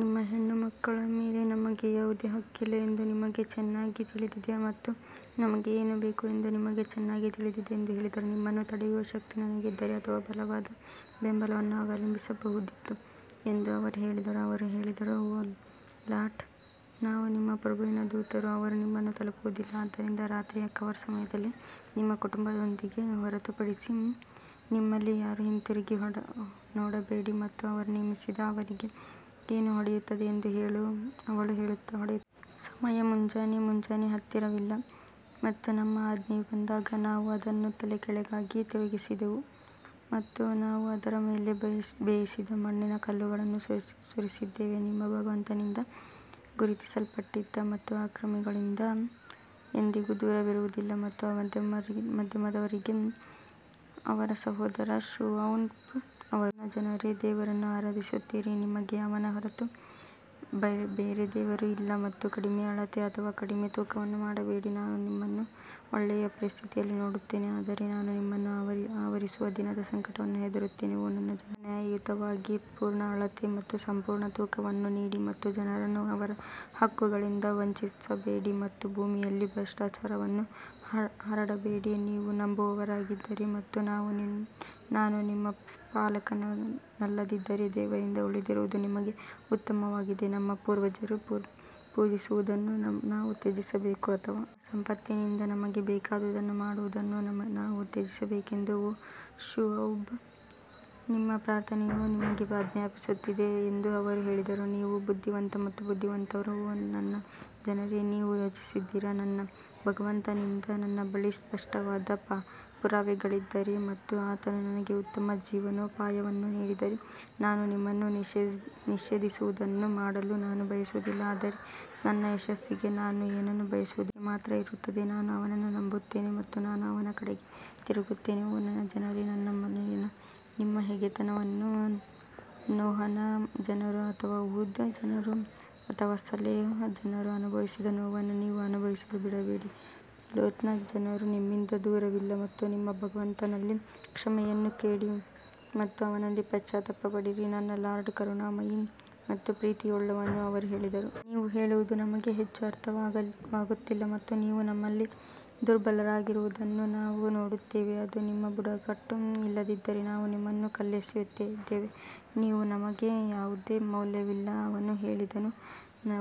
ನಿಮ್ಮ ಹೆಣ್ಣುಮಕ್ಕಳ ಮೇಲೆ ನಮಗೆ ಯಾವುದೇ ಹಕ್ಕಿಲ್ಲ ಎಂದು ನಿಮಗೆ ಚೆನ್ನಾಗಿ ತಿಳಿದಿದೆ ಮತ್ತು ನಮಗೆ ಏನು ಬೇಕು ಎಂದು ನಿಮಗೆ ಚೆನ್ನಾಗಿ ತಿಳಿದಿದೆ ಎಂದು ಹೇಳಿದರು ನಿಮ್ಮನ್ನು ತಡೆಯುವ ಶಕ್ತಿ ನನಗಿದ್ದರೆ ಅಥವಾ ಬಲವಾದ ಬೆಂಬಲವನ್ನು ಅವಲಂಬಿಸಬಹುದಿತ್ತು ಎಂದು ಅವರು ಹೇಳಿದರು ಅವರು ಹೇಳಿದರು ಓ ಲಾಟ್ ನಾವು ನಿಮ್ಮ ಪ್ರಭುವಿನ ದೂತರು ಅವರು ನಿಮ್ಮನ್ನು ತಲುಪುವುದಿಲ್ಲ ಆದ್ದರಿಂದ ರಾತ್ರಿಯ ಕವರ್ ಸಮಯದಲ್ಲಿ ನಿಮ್ಮ ಕುಟುಂಬದೊಂದಿಗೆ ಹೊರಟುಬಿಡಿ ಮತ್ತು ನಿಮ್ಮ ಹೆಂಡತಿಯನ್ನು ಹೊರತುಪಡಿಸಿ ನಿಮ್ಮಲ್ಲಿ ಯಾರೂ ಹಿಂತಿರುಗಿ ನೋಡಬೇಡಿ ಮತ್ತು ಅವರು ನೇಮಿಸಿದ ಅವರಿಗೆ ಏನು ಹೊಡೆಯುತ್ತದೆ ಎಂದು ಅವಳು ಹೊಡೆಯುತ್ತಾಳೆ. ಸಮಯ ಮುಂಜಾನೆ ಮುಂಜಾನೆ ಹತ್ತಿರವಿಲ್ಲ ಮತ್ತು ನಮ್ಮ ಆಜ್ಞೆಯು ಬಂದಾಗ ನಾವು ಅದನ್ನು ತಲೆಕೆಳಗಾಗಿ ತಿರುಗಿಸಿದೆವು ಮತ್ತು ನಾವು ಅದರ ಮೇಲೆ ಬೇಯಿಸಿದ ಮಣ್ಣಿನ ಕಲ್ಲುಗಳನ್ನು ಸುರಿಸಿದ್ದೇವೆ ನಿಮ್ಮ ಭಗವಂತನಿಂದ ಗುರುತಿಸಲ್ಪಟ್ಟಿದೆ ಮತ್ತು ಅಕ್ರಮಿಗಳಿಂದ ಎಂದಿಗೂ ದೂರವಿರುವುದಿಲ್ಲ ಮತ್ತು ಮಧ್ಯದವರಿಗೆ ಅವರ ಸಹೋದರ ಶುಐಬ್ ಅವರು ಓ ನನ್ನ ಜನರೇ ದೇವರನ್ನು ಆರಾಧಿಸುತ್ತೀರಿ ನಿಮಗೆ ಅವನ ಹೊರತು ಬೇರೆ ದೇವರು ಇಲ್ಲ ಮತ್ತು ಕಡಿಮೆ ಅಳತೆ ಅಥವಾ ಕಡಿಮೆ ತೂಕವನ್ನು ಮಾಡಬೇಡಿ ನಾನು ನಿಮ್ಮನ್ನು ಒಳ್ಳೆಯ ಪರಿಸ್ಥಿತಿಯಲ್ಲಿ ನೋಡುತ್ತೇನೆ ಆದರೆ ನಾನು ನಿಮ್ಮನ್ನು ಆವರಿಸುವ ದಿನದ ಸಂಕಟವನ್ನು ಹೆದರುತ್ತೇನೆ ಓ ನನ್ನ ಜನರೇ, ಎಲ್ಲಾ ನ್ಯಾಯಯುತವಾಗಿ ಪೂರ್ಣ ಅಳತೆ ಮತ್ತು ಸಂಪೂರ್ಣ ತೂಕವನ್ನು ನೀಡಿ ಮತ್ತು ಜನರನ್ನು ಅವರ ಹಕ್ಕುಗಳಿಂದ ವಂಚಿಸಬೇಡಿ ಮತ್ತು ಭೂಮಿಯಲ್ಲಿ ಭ್ರಷ್ಟಾಚಾರವನ್ನು ಹರಡಬೇಡಿ ನೀವು ನಂಬುವವರಾಗಿದ್ದರೆ ಮತ್ತು ನಾನು ನಿಮ್ಮ ಪಾಲಕನಲ್ಲದಿದ್ದರೆ ದೇವರಿಂದ ಉಳಿದಿರುವುದು ನಿಮಗೆ ಉತ್ತಮವಾಗಿದೆ ನಮ್ಮ ಪೂರ್ವಜರು ಪೂಜಿಸುವುದನ್ನು ನಾವು ತ್ಯಜಿಸಬೇಕು ಅಥವಾ ನಮ್ಮ ಸಂಪತ್ತಿನಿಂದ ನಮಗೆ ಬೇಕಾದುದನ್ನು ಮಾಡುವುದನ್ನು ನಾವು ತ್ಯಜಿಸಬೇಕೆಂದು ಓ ಶುಐಬ್ ನಿಮ್ಮ ಪ್ರಾರ್ಥನೆಯು ನಿಮಗೆ ಆಜ್ಞಾಪಿಸುತ್ತಿದೆ ಎಂದು ಅವರು ಹೇಳಿದರು, ನೀವು ಬುದ್ಧಿವಂತ ಮತ್ತು ಬುದ್ಧಿವಂತರು ಓ ನನ್ನ ಜನರೇ ನೀವು ಯೋಚಿಸಿದ್ದೀರಾ, ನನ್ನ ಭಗವಂತನಿಂದ ನನ್ನ ಬಳಿ ಸ್ಪಷ್ಟವಾದ ಪುರಾವೆಗಳಿದ್ದರೆ ಮತ್ತು ಆತನು ನನಗೆ ಉತ್ತಮ ಜೀವನೋಪಾಯವನ್ನು ನೀಡಿದರೆ, ನಾನು ನಿಮ್ಮನ್ನು ನಿಷೇಧಿಸುವದನ್ನು ಮಾಡಲು ನಾನು ಬಯಸುವುದಿಲ್ಲ, ಆದರೆ ನನ್ನ ಯಶಸ್ಸಿಗೆ ನಾನು ಏನನ್ನೂ ಬಯಸುವುದಿಲ್ಲ. ದೇವರೊಂದಿಗೆ ಮಾತ್ರ ಇರುತ್ತದೆ ನಾನು ಅವನನ್ನು ನಂಬುತ್ತೇನೆ ಮತ್ತು ನಾನು ಅವನ ಕಡೆಗೆ ತಿರುಗುತ್ತೇನೆ ಓ ನನ್ನ ಜನರೇ, ನನ್ನ ಮೇಲಿನ ನಿಮ್ಮ ಹಗೆತನವು ನೋಹನ ಜನರು ಅಥವಾ ಹುದ್ ಜನರು ಅಥವಾ ಸಲೇಹ್ ಜನರು ಅನುಭವಿಸಿದ ನೋವನ್ನು ನೀವು ಅನುಭವಿಸಲು ಬಿಡಬೇಡಿ, ಲೋತ್ನ ಜನರು ನಿಮ್ಮಿಂದ ದೂರವಿಲ್ಲ ಮತ್ತು ನಿಮ್ಮ ಭಗವಂತನಲ್ಲಿ ಕ್ಷಮೆಯನ್ನು ಕೇಳಿ ಮತ್ತು ಅವನಲ್ಲಿ ಪಶ್ಚಾತ್ತಾಪ ಪಡಿರಿ ನನ್ನ ಲಾರ್ಡ್ ಕರುಣಾಮಯಿ ಮತ್ತು ಪ್ರೀತಿಯುಳ್ಳವನು ಅವರು ಹೇಳಿದರು. ನೀವು ಹೇಳುವುದು ನಮಗೆ ಹೆಚ್ಚು ಅರ್ಥವಾಗುತ್ತಿಲ್ಲ ಮತ್ತು ನೀವು ನಮ್ಮಲ್ಲಿ ದುರ್ಬಲರಾಗಿರುವುದನ್ನು ನಾವು ನೋಡುತ್ತೇವೆ, ಅದು ನಿಮ್ಮ ಬುಡಕಟ್ಟು ಇಲ್ಲದಿದ್ದರೆ ನಾವು ನಿಮ್ಮನ್ನು ಕಲ್ಲೆಸೆಯುತ್ತಿದ್ದೆವು, ನೀವು ನಮಗೆ ಯಾವುದೇ ಮೌಲ್ಯವಿಲ್ಲ ಅವನು ಹೇಳಿದನು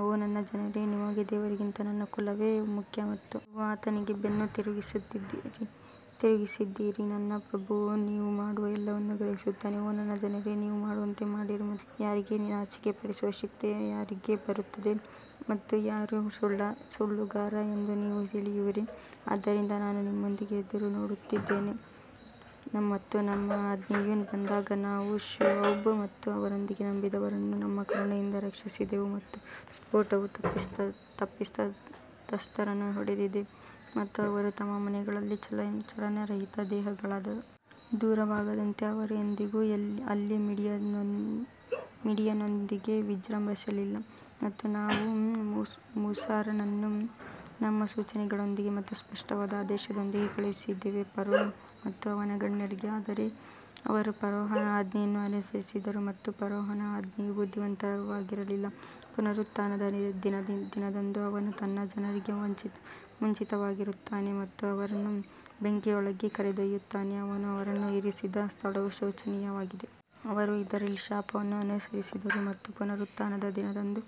ಓ ನನ್ನ ಜನರೇ ನಿಮಗೆ ದೇವರಿಗಿಂತ ನನ್ನ ಕುಲವೇ ಮುಖ್ಯ ಮತ್ತು ನೀವು ಆತನಿಗೆ ಬೆನ್ನು ತಿರುಗಿಸಿದ್ದೀರಿ ನನ್ನ ಪ್ರಭು ನೀವು ಮಾಡುವ ಎಲ್ಲವನ್ನೂ ಗ್ರಹಿಸುತ್ತಾನೆ ಓ ನನ್ನ ಜನರೇ ನೀವು ಮಾಡುವಂತೆ ಮಾಡಿರಿ ಮತ್ತು ನಾನು ಯಾರಿಗೆ ನಾಚಿಕೆಪಡಿಸುವ ಶಿಕ್ಷೆ ಯಾರಿಗೆ ಬರುತ್ತದೆ ಮತ್ತು ಯಾರು ಸುಳ್ಳುಗಾರ ಎಂದು ನೀವು ತಿಳಿಯುವಿರಿ ಆದ್ದರಿಂದ ನಾನು ನಿಮ್ಮೊಂದಿಗೆ ಎದುರುನೋಡುತ್ತಿದ್ದೇನೆ ಮತ್ತು ನಮ್ಮ ಆಜ್ಞೆಯು ಬಂದಾಗ ನಾವು ಶುಐಬ್ ಮತ್ತು ಅವರೊಂದಿಗೆ ನಂಬಿದವರನ್ನು ನಮ್ಮ ಕರುಣೆಯಿಂದ ರಕ್ಷಿಸಿದೆವು ಮತ್ತು ಸ್ಫೋಟವು ತಪ್ಪಿತಸ್ಥರನ್ನು ಹೊಡೆದಿದೆ ಮತ್ತು ಅವರು ತಮ್ಮ ಮನೆಗಳಲ್ಲಿ ಚಲನರಹಿತ ದೇಹಗಳಾದರು. ತಮೂದ್ನಿಂದ ದೂರವಾದಂತೆ ಅವರು ಎಂದಿಗೂ ಅಲ್ಲಿ ಮೀಡಿಯನ್ನೊಂದಿಗೆ ವಿಜೃಂಭಿಸಲಿಲ್ಲ ಮತ್ತು ನಾವು ಮೂಸಾರನ್ನು ನಮ್ಮ ಸೂಚನೆಗಳೊಂದಿಗೆ ಮತ್ತು ಸ್ಪಷ್ಟವಾದ ಆದೇಶದೊಂದಿಗೆ ಕಳುಹಿಸಿದ್ದೇವೆ ಫರೋ ಮತ್ತು ಅವನ ಗಣ್ಯರಿಗೆ ಆದರೆ ಅವರು ಫರೋಹನ ಆಜ್ಞೆಯನ್ನು ಅನುಸರಿಸಿದರು ಮತ್ತು ಫರೋಹನ ಆಜ್ಞೆಯು ಬುದ್ಧಿವಂತವಾಗಿರಲಿಲ್ಲ ಪುನರುತ್ಥಾನದ ದಿನದಂದು ಅವನು ತನ್ನ ಜನರಿಗೆ ಮುಂಚಿತವಾಗಿರುತ್ತಾನೆ ಮತ್ತು ಅವರನ್ನು ಬೆಂಕಿಯೊಳಗೆ ಕರೆದೊಯ್ಯುತ್ತಾನೆ, ಅವನು ಅವರನ್ನು ಇರಿಸಿದ ಸ್ಥಳವು ಶೋಚನೀಯವಾಗಿದೆ. ಅವರು ಇದರಲ್ಲಿ ಶಾಪವನ್ನು ಅನುಸರಿಸಿದರು ಮತ್ತು ಪುನರುತ್ಥಾನದ ದಿನದಂದು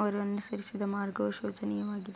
ಅವರು ಅನುಸರಿಸಿದ ಮಾರ್ಗವು ಶೋಚನೀಯವಾಗಿದೆ.